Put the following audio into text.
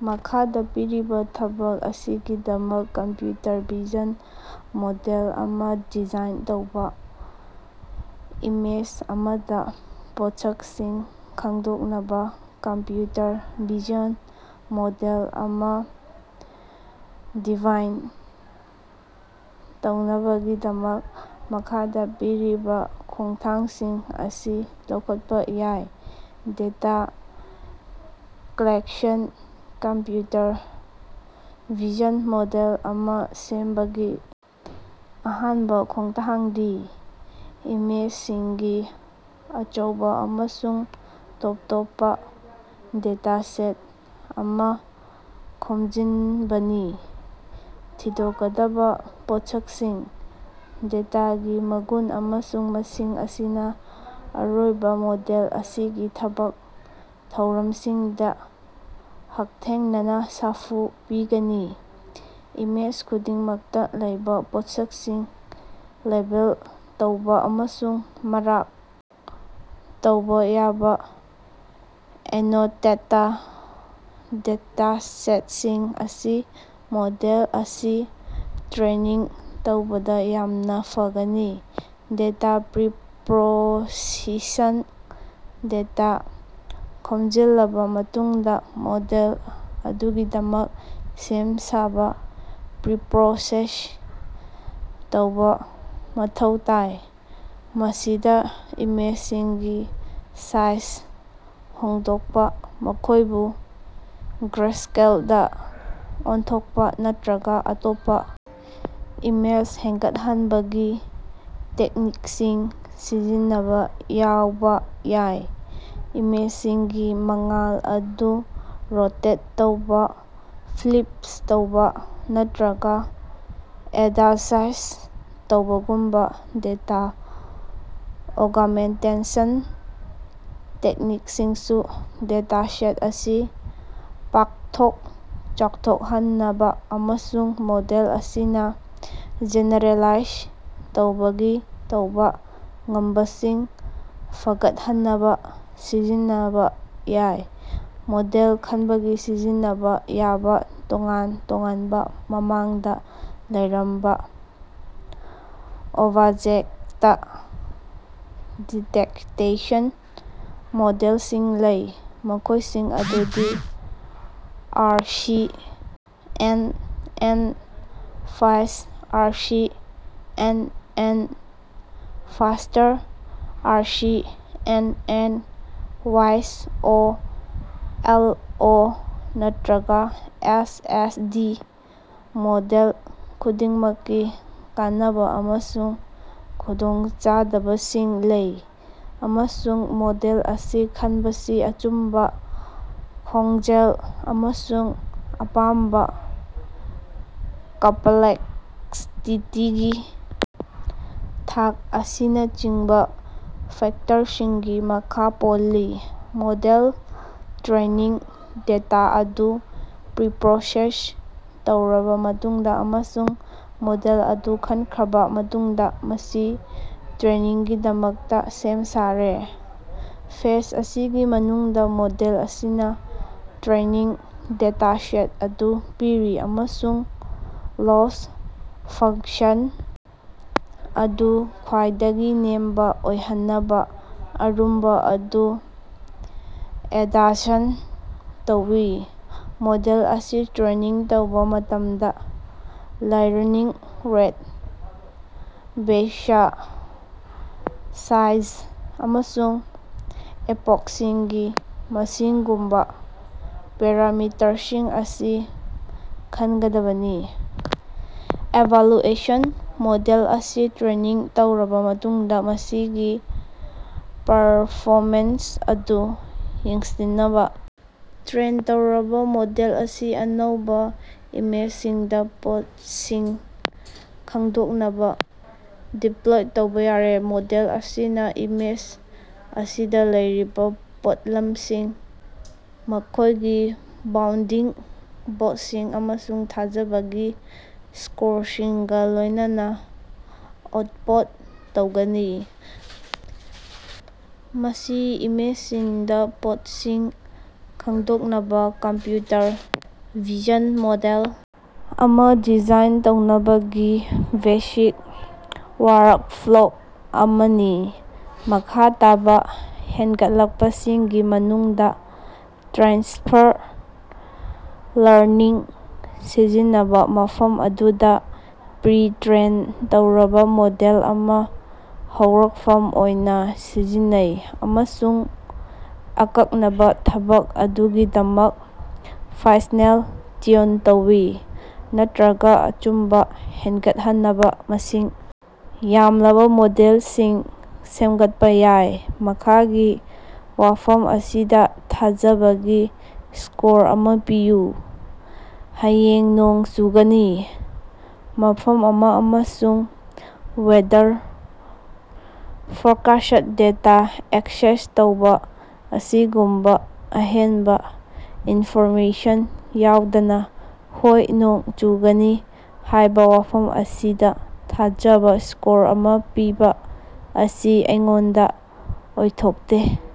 ꯃꯈꯥꯗ ꯄꯤꯔꯤꯕ ꯊꯕꯛ ꯑꯁꯤꯒꯤꯗꯃꯛ ꯀꯝꯄ꯭ꯌꯨꯇꯔ ꯚꯤꯖꯟ ꯃꯣꯗꯦꯜ ꯑꯃ ꯗꯤꯖꯥꯏꯟ ꯇꯧꯕꯥ꯫ ꯏꯃꯦꯖ ꯑꯃꯗ ꯄꯣꯠꯁꯛꯁꯤꯡ ꯈꯪꯗꯣꯛꯅꯕ ꯀꯝꯄ꯭ꯌꯨꯇꯔ ꯚꯤꯖꯟ ꯃꯣꯗꯦꯜ ꯑꯃ ꯗꯤꯖꯥꯏꯟ ꯇꯧꯅꯕꯒꯤꯗꯃꯛ, ꯃꯈꯥꯗ ꯄꯤꯔꯤꯕ ꯈꯣꯡꯊꯥꯡꯁꯤꯡ ꯑꯁꯤ ꯂꯧꯈꯠꯄ ꯌꯥꯏ: data collection: computer vision model ꯑꯃ ꯁꯦꯝꯕꯒꯤ ꯑꯍꯥꯟꯕ ꯈꯣꯡꯊꯥꯡꯗꯤ ꯏꯃꯦꯖꯁꯤꯡꯒꯤ ꯑꯆꯧꯕ ꯑꯃꯁꯨꯡ ꯇꯣꯞ ꯇꯣꯞꯄ ꯗꯦꯇꯥꯁꯦꯠ ꯑꯃ ꯈꯣꯝꯖꯤꯟꯕꯅꯤ꯫ ꯊꯤꯗꯣꯛꯀꯗꯕ ꯄꯣꯠꯁꯛꯁꯤꯡ :ꯗꯦꯇꯥꯒꯤ ꯃꯒꯨꯟ ꯑꯃꯁꯨꯡ ꯃꯁꯤꯡ ꯑꯁꯤꯅ ꯑꯔꯣꯏꯕ ꯃꯣꯗꯦꯜ ꯑꯁꯤꯒꯤ ꯊꯕꯛ ꯊꯧꯔꯝꯁꯤꯡꯗꯥ ꯍꯛꯊꯦꯡꯅꯅ ꯁꯥꯐꯨ ꯄꯤꯒꯅꯤ꯫ ꯏꯃꯦꯖ ꯈꯨꯗꯤꯡꯃꯛꯇꯥ ꯂꯩꯕꯥ ꯄꯣꯠꯁꯛꯁꯤꯡ ꯂꯦꯕꯦꯜ ꯇꯧꯕ ꯑꯃꯁꯨꯡ ꯃꯥꯔꯛ ꯇꯧꯕꯥ ꯌꯥꯕ ꯑꯦꯅꯣꯇꯦꯠꯇ ꯗꯦꯇꯥꯁꯦꯠꯁꯤꯡ ꯑꯁꯤ ꯃꯣꯗꯦꯜ ꯑꯁꯤ ꯇ꯭ꯔꯦꯅꯤꯡ ꯇꯧꯕꯗ ꯌꯥꯝꯅꯥ ꯐꯒꯅꯤ꯫ ꯗꯦꯇꯥ ꯄ꯭ꯔꯤꯄꯔꯣꯁꯦꯁꯟ: ꯗꯦꯇꯥ ꯈꯣꯝꯖꯤꯜꯂꯕꯥ ꯃꯇꯨꯡꯗꯥ ꯃꯣꯗꯦꯜ ꯑꯗꯨꯒꯤꯗꯃꯛ ꯁꯦꯝ ꯁꯥꯅꯕ ꯄ꯭ꯔꯤꯄꯔꯣꯁꯦꯁ ꯇꯧꯕꯥ ꯃꯊꯧ ꯇꯥꯏ꯫ ꯃꯁꯤꯗꯥ ꯏꯃꯦꯖꯁꯤꯡꯒꯤ ꯁꯥꯏꯖ ꯍꯣꯡꯗꯣꯛꯄ, ꯃꯈꯣꯏꯕꯨ ꯒ꯭ꯔꯦꯁ꯭ꯀꯦꯜꯗ ꯑꯣꯟꯊꯣꯛꯄꯥ ꯅꯠꯇ꯭ꯔꯒ ꯑꯇꯣꯞꯄ ꯏꯃꯦꯖ ꯍꯦꯟꯒꯠꯍꯟꯕꯒꯤ ꯇꯦꯛꯅꯤꯛꯁꯤꯡ ꯁꯤꯖꯤꯟꯅꯕ ꯌꯥꯎꯕ ꯌꯥꯏ꯫ ꯏꯃꯦꯖꯁꯤꯡꯒꯤ ꯃꯉꯥꯜ ꯑꯗꯨ ꯔꯣꯇꯦꯠ ꯇꯧꯕꯥ, ꯐ꯭ꯂꯤꯞ ꯇꯧꯕꯥ ꯅꯠꯇ꯭ꯔꯒꯥ ꯑꯦꯗꯖꯁꯠ ꯇꯧꯕꯒꯨꯝꯕꯥ ꯗꯦꯇꯥ ꯑꯣꯒꯃꯦꯟꯇꯦꯁꯟ ꯇꯦꯛꯅꯤꯛꯁꯤꯡꯁꯨ ꯗꯦꯇꯥꯁꯦꯠ ꯑꯁꯤ ꯄꯥꯛꯊꯣꯛ ꯆꯥꯎꯊꯣꯛꯍꯟꯅꯕꯥ ꯑꯃꯁꯨꯡ ꯃꯣꯗꯦꯜ ꯑꯁꯤꯅꯥ ꯖꯦꯅꯦꯔꯦꯂꯥꯏꯖ ꯇꯧꯕꯒꯤ ꯇꯧꯕ ꯉꯝꯕꯁꯤꯡ ꯐꯒꯠꯍꯟꯅꯕ ꯁꯤꯖꯤꯟꯅꯕ ꯌꯥꯏ꯫ ꯃꯣꯗꯦꯜ ꯈꯟꯕꯒꯤ: ꯁꯤꯖꯤꯟꯅꯕ ꯌꯥꯕ ꯇꯣꯉꯥꯟ ꯇꯣꯉꯥꯟꯕ ꯃꯃꯥꯡꯗ ꯂꯩꯔꯝꯕ ꯑꯣꯕꯖꯦꯛꯇ ꯗꯤꯇꯦꯛꯇꯦꯁꯟ ꯃꯣꯗꯦꯜꯁꯤꯡ ꯂꯩ, ꯃꯈꯣꯏꯁꯤꯡ ꯑꯗꯨꯗꯤ R C. N. N., fast R C. N. N., faster R C. N. N., Y. O. L. ꯑꯣ. ꯅꯠꯇ꯭ꯔꯒꯥ ꯑꯦꯁ. ꯑꯦꯁ. ꯗꯤ. ꯃꯣꯗꯦꯜ ꯈꯨꯗꯤꯡꯃꯛꯀꯤ ꯀꯥꯟꯅꯕꯥ ꯑꯃꯁꯨꯡ ꯈꯨꯗꯣꯡꯆꯥꯗꯕꯁꯤꯡ ꯂꯩ, ꯑꯃꯁꯨꯡ ꯃꯣꯗꯦꯜ ꯑꯁꯤ ꯈꯟꯕꯁꯤ ꯑꯆꯨꯝꯕꯥ, ꯈꯣꯡꯖꯦꯜ ꯑꯃꯁꯨꯡ ꯑꯄꯥꯝꯕꯥ ꯀꯝꯄꯂꯦꯛꯁꯇꯤꯇꯤꯒꯤ ꯊꯥꯛ ꯑꯁꯤꯅꯆꯤꯡꯕꯥ ꯐꯦꯛꯇꯔꯁꯤꯡꯒꯤ ꯃꯈꯥ ꯄꯣꯜꯂꯤ꯫ ꯃꯣꯗꯦꯜ ꯇ꯭ꯔꯦꯅꯤꯡ: ꯗꯦꯇꯥ ꯑꯗꯨ ꯄ꯭ꯔꯤꯄꯔꯣꯁꯦꯁ ꯇꯧꯔꯕꯥ ꯃꯇꯨꯡꯗꯥ ꯑꯃꯁꯨꯡ ꯃꯣꯗꯦꯜ ꯑꯗꯨ ꯈꯟꯈ꯭ꯔꯕꯥ ꯃꯇꯨꯡꯗꯥ, ꯃꯁꯤ ꯇ꯭ꯔꯦꯅꯤꯡꯒꯤꯗꯃꯛꯇꯥ ꯁꯦꯝ ꯁꯥꯔꯦ꯫ ꯐꯦꯖ ꯑꯁꯤꯒꯤ ꯃꯅꯨꯡꯗꯥ ꯃꯣꯗꯦꯜ ꯑꯁꯤꯅꯥ ꯇ꯭ꯔꯦꯅꯤꯡ ꯗꯦꯇꯥꯁꯦꯠ ꯑꯗꯨ ꯄꯤꯔꯤ ꯑꯃꯁꯨꯡ ꯂꯣꯁ ꯐꯪꯛꯁꯟ ꯑꯗꯨ ꯈ꯭ꯋꯥꯏꯗꯒꯤ ꯅꯦꯝꯕꯥ ꯑꯣꯏꯍꯟꯅꯕ ꯑꯔꯨꯝꯕꯥ ꯑꯗꯨ ꯑꯦꯗꯖꯁ ꯇꯧꯏ꯫ ꯃꯣꯗꯦꯜ ꯑꯁꯤ ꯇ꯭ꯔꯦꯅꯤꯡ ꯇꯧꯕꯥ ꯃꯇꯝꯗ ꯂꯔꯅꯤꯡ ꯔꯦꯠ, ꯕꯦꯆ ꯁꯥꯏꯖ ꯑꯃꯁꯨꯡ ꯏꯄꯣꯛꯁꯤꯡꯒꯤ ꯃꯁꯤꯡꯒꯨꯝꯕꯥ ꯄꯦꯔꯥꯃꯤꯇꯔꯁꯤꯡ ꯑꯁꯤ ꯈꯟꯅꯒꯗꯕꯅꯤ꯫ ꯏꯚꯥꯂꯨꯑꯦꯁꯟ: ꯃꯣꯗꯦꯜ ꯑꯁꯤ ꯇ꯭ꯔꯦꯅꯤꯡ ꯇꯧꯔꯕꯥ ꯃꯇꯨꯡꯗꯥ ꯃꯁꯤꯒꯤ ꯄꯔꯐꯣꯃꯦꯟꯁ ꯑꯗꯨ ꯌꯦꯡꯁꯤꯟꯅꯕꯥ ꯇ꯭ꯔꯦꯟ ꯇꯧꯔꯕꯥ ꯃꯣꯗꯦꯜ ꯑꯁꯤ ꯑꯅꯧꯕꯥ ꯏꯃꯦꯖꯁꯤꯡꯗꯥ ꯄꯣꯠꯁꯤꯡ ꯈꯪꯗꯣꯛꯅꯕ ꯗꯤꯄꯂꯣꯏ ꯇꯧꯕꯥ ꯌꯥꯔꯦ꯫ ꯃꯣꯗꯦꯜ ꯑꯁꯤꯅꯥ ꯏꯃꯦꯖ ꯑꯁꯤꯗꯥ ꯂꯩꯔꯤꯕꯥ ꯄꯣꯠꯂꯝꯁꯤꯡ, ꯃꯈꯣꯏꯒꯤ ꯕꯥꯎꯟꯗꯤꯡ ꯕꯣꯛꯁꯁꯤꯡ ꯑꯃꯁꯨꯡ ꯊꯥꯖꯕꯒꯤ ꯁ꯭ꯀꯣꯔꯁꯤꯡꯒꯥ ꯂꯣꯏꯅꯅꯥ ꯑꯥꯎꯠꯄꯨꯠ ꯇꯧꯒꯅꯤ꯫ ꯃꯁꯤ ꯏꯃꯦꯖꯁꯤꯡꯗꯥ ꯄꯣꯠꯁꯤꯡ ꯈꯪꯗꯣꯛꯅꯕꯥ ꯀꯝꯄ꯭ꯌꯨꯇꯔ ꯚꯤꯖꯟ ꯃꯣꯗꯦꯜ ꯑꯃꯥ ꯗꯤꯖꯥꯏꯟ ꯇꯧꯅꯕꯒꯤ ꯕꯦꯁꯤꯛ ꯋꯥꯔꯛꯐ꯭ꯂꯣ ꯑꯃꯅꯤ꯫ ꯃꯈꯥ ꯇꯥꯕꯥ ꯍꯦꯟꯒꯠꯂꯛꯄꯁꯤꯡꯒꯤ ꯃꯅꯨꯡꯗꯥ ꯇ꯭ꯔꯥꯟꯁꯐꯔ ꯂꯔꯅꯤꯡ ꯁꯤꯖꯤꯟꯅꯕꯥ, ꯃꯐꯝ ꯑꯗꯨꯗꯥ ꯄ꯭ꯔꯤ-ꯇ꯭ꯔꯦꯟ ꯇꯧꯔꯕꯥ ꯃꯣꯗꯦꯜ ꯑꯃꯥ ꯍꯧꯔꯛꯐꯝ ꯑꯣꯏꯅꯥ ꯁꯤꯖꯤꯟꯅꯩ ꯑꯃꯁꯨꯡ ꯑꯀꯛꯅꯕꯥ ꯊꯕꯛ ꯑꯗꯨꯒꯤꯗꯃꯛ ꯐꯥꯏꯅꯦꯜ ꯇ꯭ꯌꯨꯟ ꯇꯧꯏ, ꯅꯠꯇ꯭ꯔꯒꯥ ꯑꯆꯨꯝꯕꯥ ꯍꯦꯟꯒꯠꯍꯟꯅꯕꯥ ꯃꯁꯤꯡ ꯌꯥꯝꯂꯕꯥ ꯃꯣꯗꯦꯜꯁꯤꯡ ꯁꯦꯝꯒꯠꯄꯥ ꯌꯥꯏ꯫ ꯃꯈꯥꯒꯤ ꯋꯥꯐꯝ ꯑꯁꯤꯗꯥ ꯊꯥꯖꯕꯒꯤ ꯁ꯭ꯀꯣꯔ ꯑꯃꯥ ꯄꯤꯌꯨ: ꯍꯌꯦꯡ ꯅꯣꯡ ꯆꯨꯒꯅꯤ"꯫ ꯃꯐꯝ ꯑꯃꯥ, ꯑꯃꯁꯨꯡ ꯋꯦꯗꯔ ꯐꯣꯔꯀꯥꯁꯠ ꯗꯦꯇꯥꯗꯥ ꯑꯦꯛꯁꯦꯁ ꯇꯧꯕꯥ ꯑꯁꯤꯒꯨꯝꯕꯥ ꯑꯍꯦꯟꯕꯥ ꯏꯟꯐꯣꯔꯃꯦꯁꯟ ꯌꯥꯎꯗꯅꯥ "ꯍꯣꯏ ꯅꯣꯡ ꯆꯨꯒꯅꯤ" ꯍꯥꯏꯕ ꯋꯥꯐꯝ ꯑꯁꯤꯗ ꯊꯥꯖꯕ ꯁ꯭ꯀꯣꯔ ꯑꯃ ꯄꯤꯕꯥ ꯑꯁꯤ ꯑꯩꯉꯣꯟꯗ ꯑꯣꯏꯊꯣꯛꯇꯦ꯫